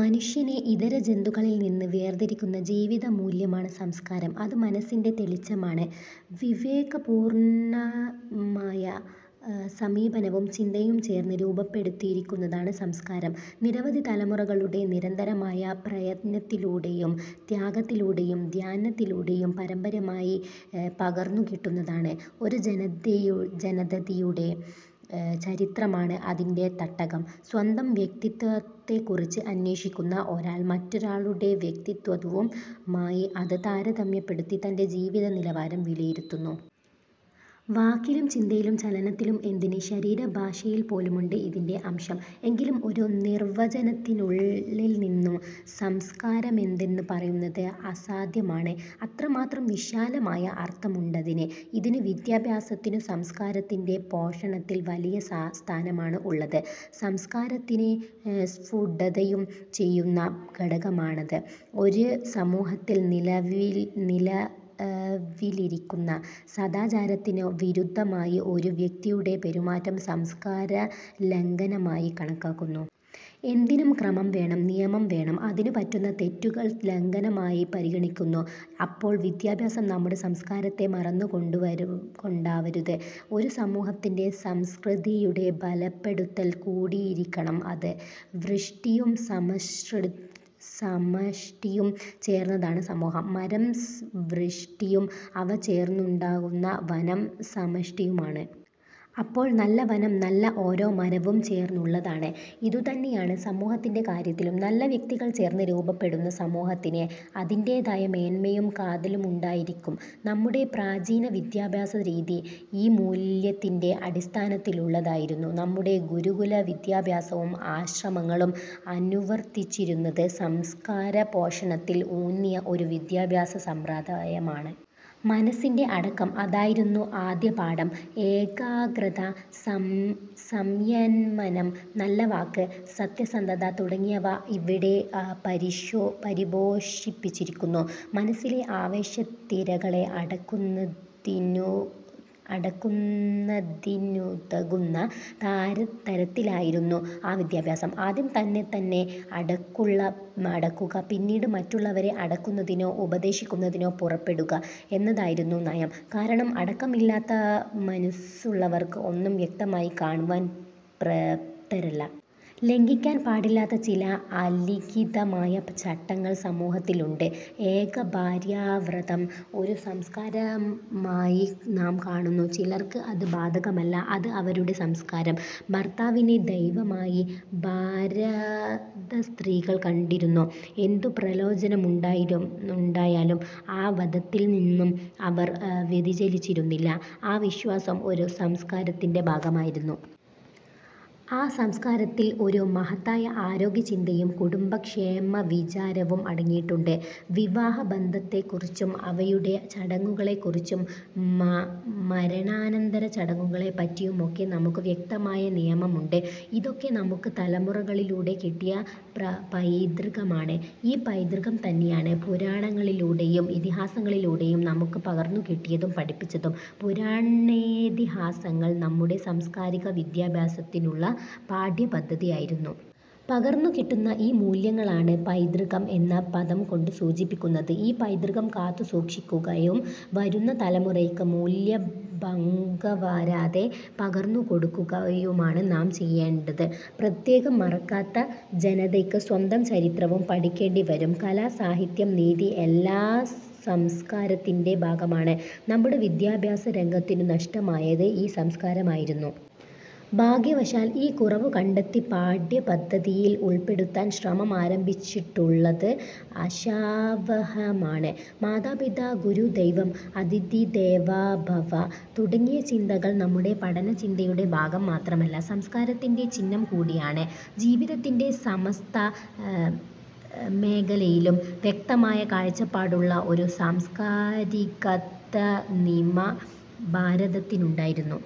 മനുഷ്യനെ ഇതര ജന്തുക്കളിൽനിന്നും വേർതിരിക്കുന്ന ജീവിതമൂല്യ മാണ് സംസ്കാരം. അത് മനസ്സിന്റെ തെളിച്ചമാണ്. വിവേകപൂർവ്വമായ സമീപനവും ചിന്തയും ചേർന്ന് രൂപപ്പെടുത്തിയെടുക്കുന്നതാണ് സംസ്കാരം. നിരവധി തലമുറകളുടെ നിരന്തരമായ പ്രയത്നത്തിലൂ ടെയും ത്യാഗത്തിലൂടെയും ധ്യാനത്തിലൂടെയും പാരമ്പര്യമായി പകർന്നുകിട്ടുന്നതാണ്. ഒരു ജനതതിയുടെ ചരിത്രമാണ് അതിന്റെ തട്ടകം. സ്വന്തം വ്യക്തിത്വത്തെക്കുറിച്ച് അന്വേഷിക്കുന്ന ഒരാൾ മറ്റൊ രാളുടെ വ്യക്തിത്വവുമായി അത് താരതമ്യപ്പെടുത്തി തന്റെ ജീവിത നിലവാരം വിലയിരുത്തുന്നു. വാക്കിലും ചിന്തയിലും ചലനത്തിലും എന്തിന് ശരീരഭാഷയിൽപോലുമുണ്ട് ഇതിന്റെ അംശം. എങ്കിലും ഒരു നിർവ്വചനത്തിനുള്ളിൽനിന്നു സംസ്കാരമെന്തെന്നു പറയുന്നത് അസാ ധ്യമാണ്. അത്രമാത്രം വിശാലമായ അർത്ഥമുണ്ടതിന്. ഇതിനു വിദ്യാ ഭ്യാസത്തിനു സംസ്കാരത്തിന്റെ പോഷണത്തിൽ വലിയ സ്ഥാനമാണ് ഉള്ളത്. സംസ്കാരത്തിനെ സ്ഫുടം ചെയ്യുന്ന ഘടകമാണത്. ഒരു സമൂഹത്തിൽ നിലവിലിരിക്കുന്ന സദാചാരത്തിനു വിരുദ്ധമായി ഒരു വ്യക്തിയുടെ പെരുമാറ്റം സംസ്കാരലംഘനമായി കണക്കാക്കു ന്നു. എന്തിനും ക്രമം വേണം. നിയമം വേണം. അതിനു പറ്റുന്ന തെറ്റു കൾ ലംഘനമായി പരിഗണിക്കുന്നു. അപ്പോൾ വിദ്യാഭ്യാസം നമ്മുടെ സംസ്കാരത്തെ മറന്നുകൊണ്ടാവരുത്. ഒരു സമൂഹത്തിന്റെ സംസ്കൃതി യുടെ ബലപ്പെടുത്തൽ കൂടിയായിരിക്കണം അത്. വ്യഷ്ടിയും സമ ഷ്ടിയും ചേർന്നതാണ് സമൂഹം. മരം വ്യഷ്ടിയും അവ ചേർന്നുണ്ടാ കുന്ന വനം സമഷ്ടിയുമാണ്. അപ്പോൾ നല്ല വനം നല്ല ഓരോ മരവും ചേർന്നുള്ളതാണ്. ഇതുതന്നെയാണ് സമൂഹത്തിന്റെ കാര്യത്തിലും. നല്ല വ്യക്തികൾ ചേർന്ന് രൂപപ്പെടുന്ന സമൂഹത്തിന് അതിന്റേതായ മേന്മയും കാതലുമുണ്ടായിരിക്കും. നമ്മുടെ പ്രാചീനവിദ്യാഭ്യാസരീതി ഈ മൂല്യത്തിന്റെ അടിസ്ഥാന ത്തിലുള്ളതായിരുന്നു. നമ്മുടെ ഗുരുകുലവിദ്യാഭ്യാസവും ആശ്രമങ്ങ ളും അനുവർത്തിച്ചിരുന്നത് സംസ്കാരപോഷണത്തിൽ ഊന്നിയ ഒരു വിദ്യാഭ്യാസസമ്പ്രദായമാണ്. മനസ്സിന്റെ അടക്കം അതായിരുന്നു ആദ്യ പാഠം. ഏകാഗ്രത, സംയമനം, നല്ല വാക്ക്, സത്യസന്ധ്യത തുടങ്ങിയവ അവിടെ പരിപോഷിപ്പിച്ചിരുന്നു. മനസ്സിലെ ആവേശത്തിരകളെ അട ക്കുന്നതിനുതകുന്ന തരത്തിലായിരുന്നു ആ വിദ്യാഭ്യാസം. ആദ്യം തന്നെത്തന്നെ അടക്കുക പിന്നീട് മറ്റുള്ളവരെ അടക്കുന്നതിനോ ഉപ ദേശിക്കുന്നതിനോ പുറപ്പെടുക എന്നതായിരുന്നു നയം. കാരണം അട ക്കമില്ലാത്ത മനസ്സുള്ളവർ ഒന്നും വ്യക്തമായി കാണുവാൻ പ്രാപ്തരല്ല. ലംഘിക്കാൻ പാടില്ലാത്ത ചില അലിഖിതമായ ചട്ടങ്ങൾ സമൂഹത്തി ലുണ്ട്. ഏക ഭാര്യാവ്രതം ഒരു സംസ്കാരമായി നാം കാണുന്നു. ചിലർക്ക് അത് ബാധകമല്ല. അത് അവരുടെ സംസ്കാരം. ഭർത്താവിനെ ദൈവ മായി ഭാരതസ്ത്രീകൾ കണ്ടിരുന്നു. എന്തു പ്രലോഭനമുണ്ടായാലും ആ വതത്തിൽനിന്നും അവർ വ്യതിചലിച്ചിരുന്നില്ല. ആ വിശ്വാസം ഒരു സംസ്കാരത്തിന്റെ ഭാഗമായിരുന്നു. ഈ സംസ്കാരത്തിൽ ഒരു മഹ ത്തായ ആരോഗ്യചിന്തയും കുടുംബക്ഷേമവിചാരവും അടങ്ങിയിട്ടുണ്ട്. വിവാഹബന്ധത്തെക്കുറിച്ചും അവയുടെ ചടങ്ങുകളെക്കുറിച്ചും മര ണാനന്തരച്ചടങ്ങുകളെപ്പറ്റിയുമൊക്കെ നമുക്കു വ്യക്തമായ നിയമ മുണ്ട്. ഇതൊക്കെ നമുക്കു തലമുറകളിലൂടെ കിട്ടിയ പൈതൃകമാണ്. ഈ പൈതൃകംതന്നെയാണ് പുരാണങ്ങളിലൂടെയും ഇതിഹാസങ്ങളി ലൂടെയും നമുക്കു പകർന്നുകിട്ടിയതും പഠിപ്പിച്ചതും. പുരാണേതിഹാ സങ്ങൾ നമ്മുടെ സാംസ്കാരിക വിദ്യാഭ്യാസത്തിനുള്ള പാഠ്യപദ്ധതി യായിരുന്നു. പകർന്നുകിട്ടുന്ന ഈ മൂല്യങ്ങളാണ് പൈതൃകം എന്ന പദംകൊണ്ടു സൂചിപ്പിക്കുന്നത്. ഈ പൈതൃകം കാത്തുസൂക്ഷിക്കു കയും വരുന്ന തലമുറയ്ക്ക് മൂല്യഭംഗംവരാതെ പകർന്നുകൊടുക്കു കയുമാണ് നാം ചെയ്യേണ്ടത്. പൈതൃകം മറക്കാത്ത ജനതയ്ക്ക് സ്വന്തം ചരിത്രവും പഠിക്കേണ്ടിവരും. കല, സാഹിത്യം, നീതി എല്ലാം സംസ്കാ രത്തിന്റെ ഭാഗമാണ്. നമ്മുടെ വിദ്യാഭ്യാസരംഗത്തിനു നഷ്ടമായത് ഈ സംസ്കാരമായിരുന്നു. ഭാഗ്യവശാൽ ഈ കുറവു കണ്ടെത്തി പാഠ്യപദ്ധ തിയിൽ ഉൾപ്പെടുത്താൻ ശ്രമം ആരംഭിച്ചിട്ടുള്ളത് ആശാവഹമാണ്. "മാതാ പിതാ ഗുരു ദൈവം,' "അതിഥിദേവോ ഭവ' തുടങ്ങിയ ചിന്ത കൾ നമ്മുടെ പഠനചിന്തയുടെ ഭാഗം മാത്രമല്ല സംസ്കാരത്തിന്റെ ചിഹ്നംകൂടിയാണ്. ജീവിതത്തിന്റെ സമസ്ത മേഖലയിലും വ്യക്തമായ കാഴ്ചപ്പാടുള്ള ഒരു സാംസ്കാരികത്തനിമ ഭാരതത്തിനുണ്ടായിരുന്നു.